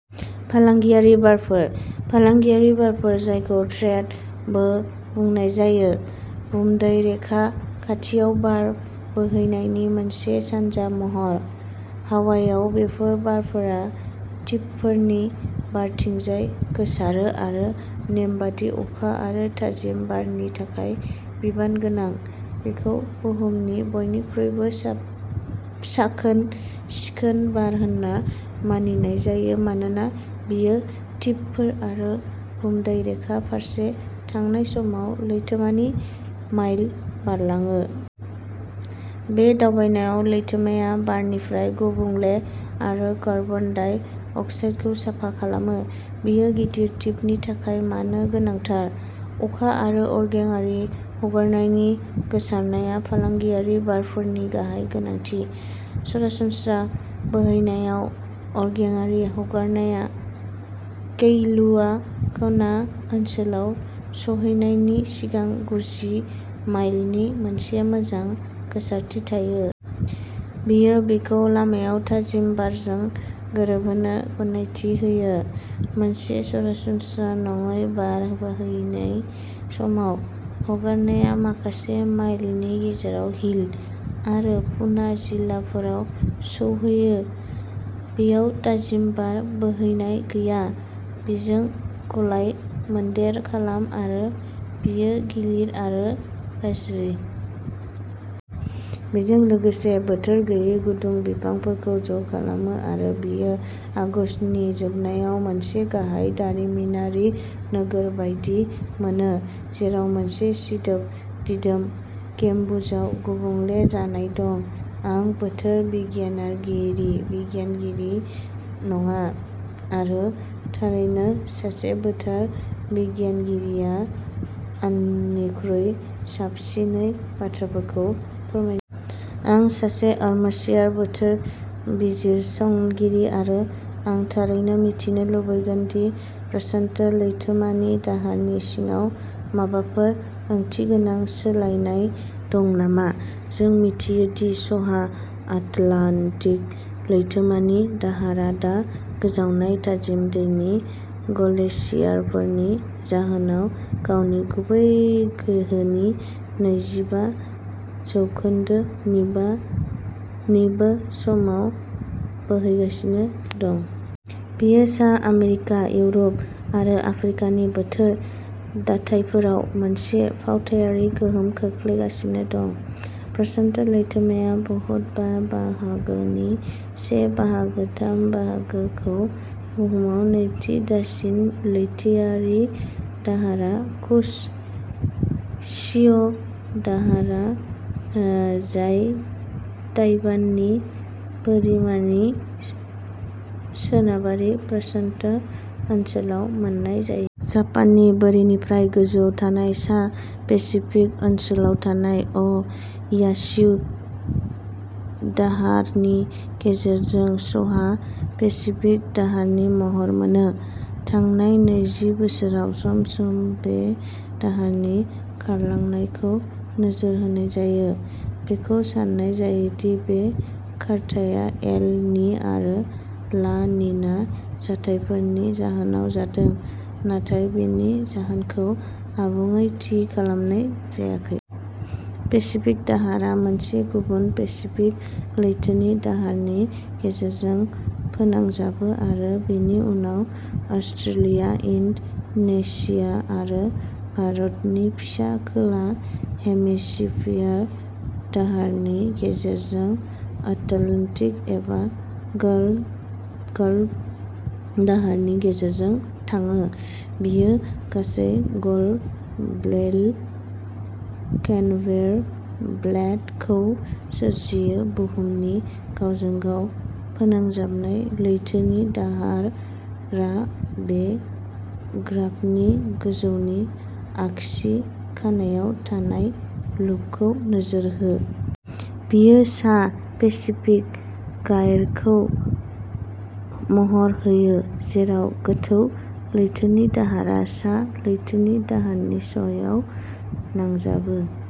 फालांगियारि बारफोर। फालांगियारि बारफोर जायखौ ट्रेड बो बुंनाय जायो, भुमदै रेखा खाथियाव बार बोहैनायनि मोनसे सानजा महर। हावाइआव बेफोर बारफोरा दिपफोरनि बारथिंजाय गोसारो आरो नेमबादि अखा आरो थाजिम बारनि थाखाय बिबान गोनां। बेखौ बुहुमनि बयनिख्रुइबो साख साखोन-सिखोन बार होनना मानिनाय जायो मानोना बेयो दिपफोर आरो भुमदै रेखा फारसे थांनाय समाव लैथोमानि माइल बारलाङो। बे दावबायनायाव लैथोमाया बारनिफ्राय गुबुंले आरो कार्बन डाइ अक्साइडखौ साफा खालामो। बेयो गिदिर दिपनि थाखाय मानो गोनांथार? अखा आरो अरगेंआरि हगारनायनि गोसारनाया फालांगियारि बारफोरनि गाहाय गोनांथि। सरासनस्रा बोहैनायाव, अरगेंआरि हगारनाया कैलुआ कना ओनसोलाव सौहैनायनि सिगां गुजि माइलनि मोनसे मोजां गोसारथि थायो। बेयो बेखौ लामायाव थाजिम बारजों गोरोबहोनो गनायथि होयो। मोनसे सरासनस्रा नङै बार बोहैनाय समाव, हगारनाया माखासे माइलनि गेजेराव हिल आरो पुना जिल्लाफोराव सौहैयो। बेयाव थाजिम बार बोहैनाय गैया। बेजों गलाय-मोनदेर खालाम आरो बेयो गिलिर आरो गाज्रि। बेजों लोगोसे बोथोर गैयै गुदुं बिबांफोरखौ ज'खालाम आरो बेयो आगस्तनि जोबनायाव मोनसे गाहाय दारिमिनारि नोगोर बायदि मोनो, जेराव मोनसे सिदोब, दिदोम गेम्बुजआव गुबुंले जानाय दं। आं बोथोर बिगियानागिरि बिगियानगिरि नङा। आरो, थारैनो सासे बोथोर बिगियानगिरिया आंनिख्रुइ साबसिनै बाथ्राफोरखौ फोरमायनो -- आं सासे आर्मचेयार बोथोर बिजिरसंगिरि आरो आं थारैनो मिथिनो लुबैगोन दि प्रशान्त लैथोमानि दाहारनि सिङाव माबाफोर ओंथिगोनां सोलायनाय दं नामा। जों मिथियो दि सहा आटलान्टिक लैथोमानि दाहारा दा गोजावनाय थाजिम दैनि गलेसियारफोरनि जाहोनाव गावनि गुबै गोहोनि नैजिबा जौखोन्दो निबा निबो समाव बोहैगासिनो दं। बेयो सा आमेरिका, इउर'प आरो आफ्रिकानि बोथोर दाथायफोराव मोनसे फावथायारि गोहोम खोख्लैगासिनो दं। प्रशान्त लैथोमाया बहुद बा-बाहागोनि से बाहागो थाम बाहागोखौ बुहुमाव नैथि देरसिन लैथोआरि दाहारा कुस शिअ' दाहारा, ओ जाय ताइवाननि बोरिमानि सोनाबारि प्रशान्त ओनसोलाव मोननाय जायो। जापाननि बोरिनिफ्राय गोजानाव थानाय सा पेसिफिक ओनसोलाव थानाय अ'यासिउ दाहारनि गेजेरजों सहा पेसिफिक दाहारनि महर मोनो। थांनाय नैजि बोसोराव, सम-सम बे दाहारनि खारलांनाय खौ नोजोर होनाय जायो। बेखौ सान्नाय जायो दि बे खारथाया एल नि आरो ला निना जाथायफोरनि जाहोनाव जादों, नाथाय बेनि जाहोनखौ आबुङै थि खालामनाय जायाखै। पेसिफिक दाहारा मोननै गुबुन पेसिफिक लैथोनि दाहारनि गेजेरजों फोनांजाबो आरो बेनि उनाव अस्ट्रेलिया, इन्ड'नेशिया आरो भारतनि फिसा खोला हेमिस्फियार दाहारनि गेजेरजों आटलान्टिक एबा गाल गाल्फ दाहारनि गेजेरजों थाङो। बेयो गासै गल ब्लेल केन्वेयर ब्लेट खौ सोरजियो बुहुमनि गावजों-गाव फोनांजाबनाय लैथोनि दाहारा बे ग्राफनि गोजौनि आगसि खानायाव थानाय लुपखौ नोजोर हो। बेयो सा पेसिफिक गायरखौ महर होयो जेराव गोथौ लैथोनि दाहारा सा लैथोनि दाहारनि सयाव नांजाबो।